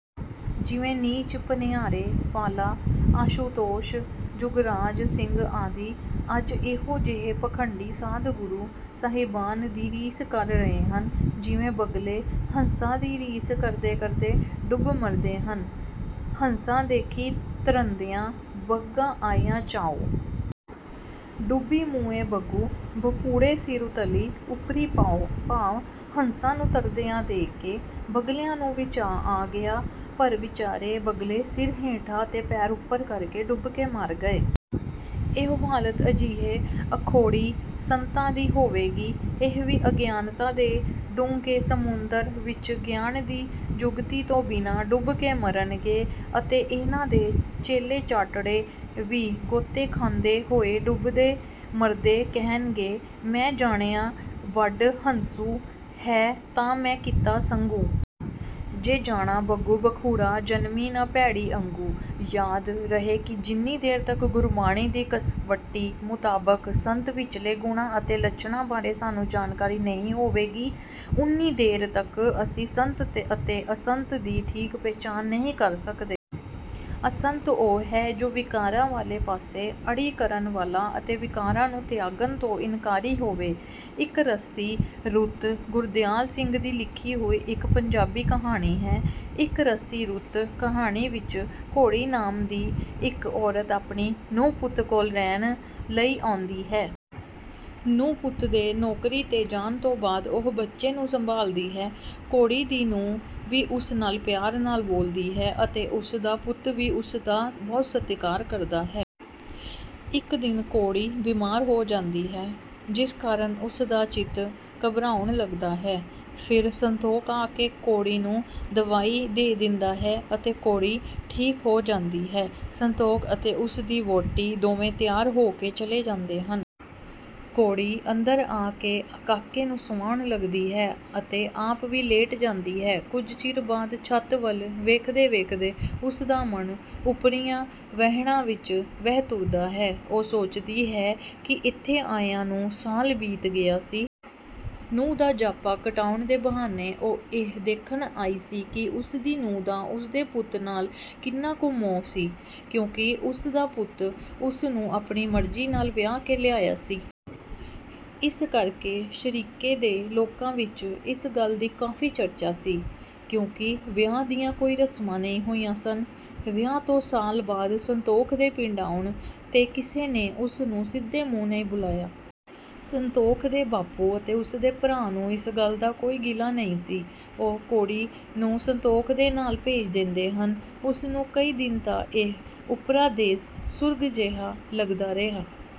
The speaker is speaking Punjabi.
ਜਿਵੇਂ ਨੀਚ ਭਨਿਆਰੇ ਵਾਲਾ, ਆਸ਼ੂਤੋਸ਼, ਜੁਗਰਾਜ ਸਿੰਘ ਆਦਿ। ਅੱਜ ਇਹੋ ਜਿਹੇ ਪਖੰਡੀ ਸਾਧ ਗੁਰੂ ਸਾਹਿਬਾਨ ਦੀ ਰੀਸ ਕਰ ਰਹੇ ਹਨ, ਜਿਵੇਂ ਬਗਲੇ ਹੰਸਾਂ ਦੀ ਰੀਸ ਕਰਦੇ-ਕਰਦੇ ਡੁੱਬ ਮਰਦੇ ਹਨ। “ਹੰਸਾ ਦੇਖਿ ਤਰੰਦਿਆ ਬਗਾ ਆਇਆ ਚਾਉ॥ ਡੁਬਿ ਮੁਏ ਬਗੁ ਬਪੁੜੇ ਸਿਰੁ ਤਲਿ ਉਪਰਿ ਪਾਉ॥” ਭਾਵ ਹੰਸਾਂ ਨੂੰ ਤਰਦਿਆਂ ਦੇਖ ਕੇ ਬਗਲਿਆਂ ਨੂੰ ਵੀ ਚਾਉ ਆ ਗਿਆ, ਪਰ ਵਿਚਾਰੇ ਬਗਲੇ ਸਿਰ ਹੇਠਾਂ ਅਤੇ ਪੈਰ ਉੱਪਰ ਕਰਕੇ ਡੁੱਬ ਕੇ ਮਰ ਗਏ। ਇਹੋ ਹਾਲਤ ਅਜਿਹੇ ਅਖੌਤੀ ਸੰਤਾਂ ਦੀ ਹੋਵੇਗੀ। ਇਹ ਵੀ ਅਗਿਆਨਤਾ ਦੇ ਡੂੰਘੇ ਸਮੁੰਦਰ ਵਿੱਚ ਗਿਆਨ ਦੀ ਜੁਗਤੀ ਤੋਂ ਬਿਨਾਂ ਡੁੱਬ ਮਰਨਗੇ ਅਤੇ ਇਨ੍ਹਾਂ ਦੇ ਚੇਲੇ-ਚਾਟੜੇ ਵੀ ਗੋਤੇ ਖਾਂਦੇ ਹੋਏ ਡੁੱਬਦੇ-ਮਰਦੇ ਕਹਿਣਗੇ— “ਮੈ ਜਾਣਿਆ ਵਡ ਹੰਸੁ ਹੈ ਤਾਂ ਮੈ ਕੀਤਾ ਸੰਗੁ॥ ਜੇ ਜਾਣਾ ਬਗੁ ਬਪੁੜਾ ਜਨਮਿ ਨ ਭੇੜੀ ਅੰਗੁ॥” ਯਾਦ ਰਹੇ ਕਿ ਜਿੰਨੀ ਦੇਰ ਤੱਕ ਗੁਰਬਾਣੀ ਦੀ ਕਸਵੱਟੀ ਮੁਤਾਬਕ ਸੰਤ ਵਿਚਲੇ ਗੁਣਾਂ ਅਤੇ ਲੱਛਣਾਂ ਬਾਰੇ ਸਾਨੂੰ ਜਾਣਕਾਰੀ ਨਹੀਂ ਹੋਵੇਗੀ, ਓਨੀ ਦੇਰ ਤੱਕ ਅਸੀਂ ਸੰਤ ਅਤੇ ਅਸੰਤ ਦੀ ਠੀਕ ਪਹਿਚਾਣ ਨਹੀਂ ਕਰ ਸਕਦੇ। ਅਸੰਤ ਉਹ ਹੈ ਜੋ ਵਿਕਾਰਾਂ ਵਾਲੇ ਪਾਸੇ ਅੜੀ ਕਰਨ ਵਾਲਾ ਅਤੇ ਵਿਕਾਰਾਂ ਨੂੰ ਤਿਆਗਣ ਤੋਂ ਇਨਕਾਰੀ ਹੋਵੇ। ‘ਇੱਕਰਸੀ ਰੁੱਤ’ ਗੁਰਦਿਆਲ ਸਿੰਘ ਦੀ ਲਿਖੀ ਹੋਈ ਇੱਕ ਪੰਜਾਬੀ ਕਹਾਣੀ ਹੈ। ‘ਇੱਕਰਸੀ ਰੁੱਤ’ ਕਹਾਣੀ ਵਿੱਚ ਕੌੜੀ ਨਾਮ ਦੀ ਇੱਕ ਔਰਤ ਆਪਣੀ ਨੂੰਹ-ਪੁੱਤ ਕੋਲ ਰਹਿਣ ਲਈ ਆਉਂਦੀ ਹੈ। ਨੂੰਹ-ਪੁੱਤ ਦੇ ਨੌਕਰੀ ’ਤੇ ਜਾਣ ਤੋਂ ਬਾਅਦ ਉਹ ਬੱਚੇ ਨੂੰ ਸੰਭਾਲਦੀ ਹੈ। ਕੌੜੀ ਦੀ ਨੂੰਹ ਵੀ ਉਸ ਨਾਲ ਪਿਆਰ ਨਾਲ ਬੋਲਦੀ ਹੈ ਅਤੇ ਉਸ ਦਾ ਪੁੱਤ ਵੀ ਉਸ ਦਾ ਬਹੁਤ ਸਤਿਕਾਰ ਕਰਦਾ ਹੈ। ਇੱਕ ਦਿਨ ਕੌੜੀ ਬੀਮਾਰ ਹੋ ਜਾਂਦੀ ਹੈ, ਜਿਸ ਕਾਰਨ ਉਸ ਦਾ ਚਿੱਤ ਘਬਰਾਉਣ ਲੱਗਦਾ ਹੈ। ਫਿਰ ਸੰਤੋਖ ਆ ਕੇ ਕੌੜੀ ਨੂੰ ਦਵਾਈ ਦੇ ਦਿੰਦਾ ਹੈ ਅਤੇ ਕੌੜੀ ਠੀਕ ਹੋ ਜਾਂਦੀ ਹੈ। ਸੰਤੋਖ ਅਤੇ ਉਸ ਦੀ ਵਹੁਟੀ ਦੋਵੇਂ ਤਿਆਰ ਹੋ ਕੇ ਚਲੇ ਜਾਂਦੇ ਹਨ। ਕੌੜੀ ਅੰਦਰ ਆ ਕੇ ਕਾਕੇ ਨੂੰ ਸਵਾਉਣ ਲੱਗਦੀ ਹੈ ਅਤੇ ਆਪ ਵੀ ਲੇਟ ਜਾਂਦੀ ਹੈ। ਕੁਝ ਚਿਰ ਬਾਅਦ ਛੱਤ ਵੱਲ ਵੇਖਦੇ-ਵੇਖਦੇ ਉਸ ਦਾ ਮਨ ਓਪਰੀਆਂ ਵਹਿਣਾਂ ਵਿੱਚ ਵਹਿ ਤੁਰਦਾ ਹੈ। ਉਹ ਸੋਚਦੀ ਹੈ ਕਿ ਇੱਥੇ ਆਇਆਂ ਨੂੰ ਸਾਲ ਬੀਤ ਗਿਆ ਸੀ। ਨੂੰਹ ਦਾ ਜਾਪਾ ਕਟਾਉਣ ਦੇ ਬਹਾਨੇ ਉਹ ਇਹ ਦੇਖਣ ਆਈ ਸੀ ਕਿ ਉਸ ਦੀ ਨੂੰਹ ਦਾ ਉਸ ਦੇ ਪੁੱਤ ਨਾਲ ਕਿੰਨਾ ਕੁ ਮੋਹ ਸੀ, ਕਿਉਂਕਿ ਉਸ ਦਾ ਪੁੱਤ ਉਸ ਨੂੰ ਆਪਣੀ ਮਰਜ਼ੀ ਨਾਲ ਵਿਆਹ ਕੇ ਲਿਆਇਆ ਸੀ। ਇਸ ਕਰਕੇ ਸ਼ਰੀਕੇ ਦੇ ਲੋਕਾਂ ਵਿੱਚ ਇਸ ਗੱਲ ਦੀ ਕਾਫ਼ੀ ਚਰਚਾ ਸੀ, ਕਿਉਂਕਿ ਵਿਆਹ ਦੀਆਂ ਕੋਈ ਰਸਮਾਂ ਨਹੀਂ ਹੋਈਆਂ ਸਨ। ਵਿਆਹ ਤੋਂ ਸਾਲ ਬਾਅਦ ਸੰਤੋਖ ਦੇ ਪਿੰਡ ਆਉਣ ’ਤੇ ਕਿਸੇ ਨੇ ਉਸ ਨੂੰ ਸਿੱਧੇ ਮੂੰਹ ਨਹੀਂ ਬੁਲਾਇਆ। ਸੰਤੋਖ ਦੇ ਬਾਪੂ ਅਤੇ ਉਸ ਦੇ ਭਰਾ ਨੂੰ ਇਸ ਗੱਲ ਦਾ ਕੋਈ ਗਿਲਾ ਨਹੀਂ ਸੀ। ਉਹ ਕੌੜੀ ਨੂੰ ਸੰਤੋਖ ਦੇ ਨਾਲ ਭੇਜ ਦਿੰਦੇ ਹਨ। ਉਸ ਨੂੰ ਕਈ ਦਿਨ ਤਾਂ ਇਹ ‘ਓਪਰਾ ਦੇਸ’ ਸੁਰਗ ਜਿਹਾ ਲੱਗਦਾ ਰਿਹਾ।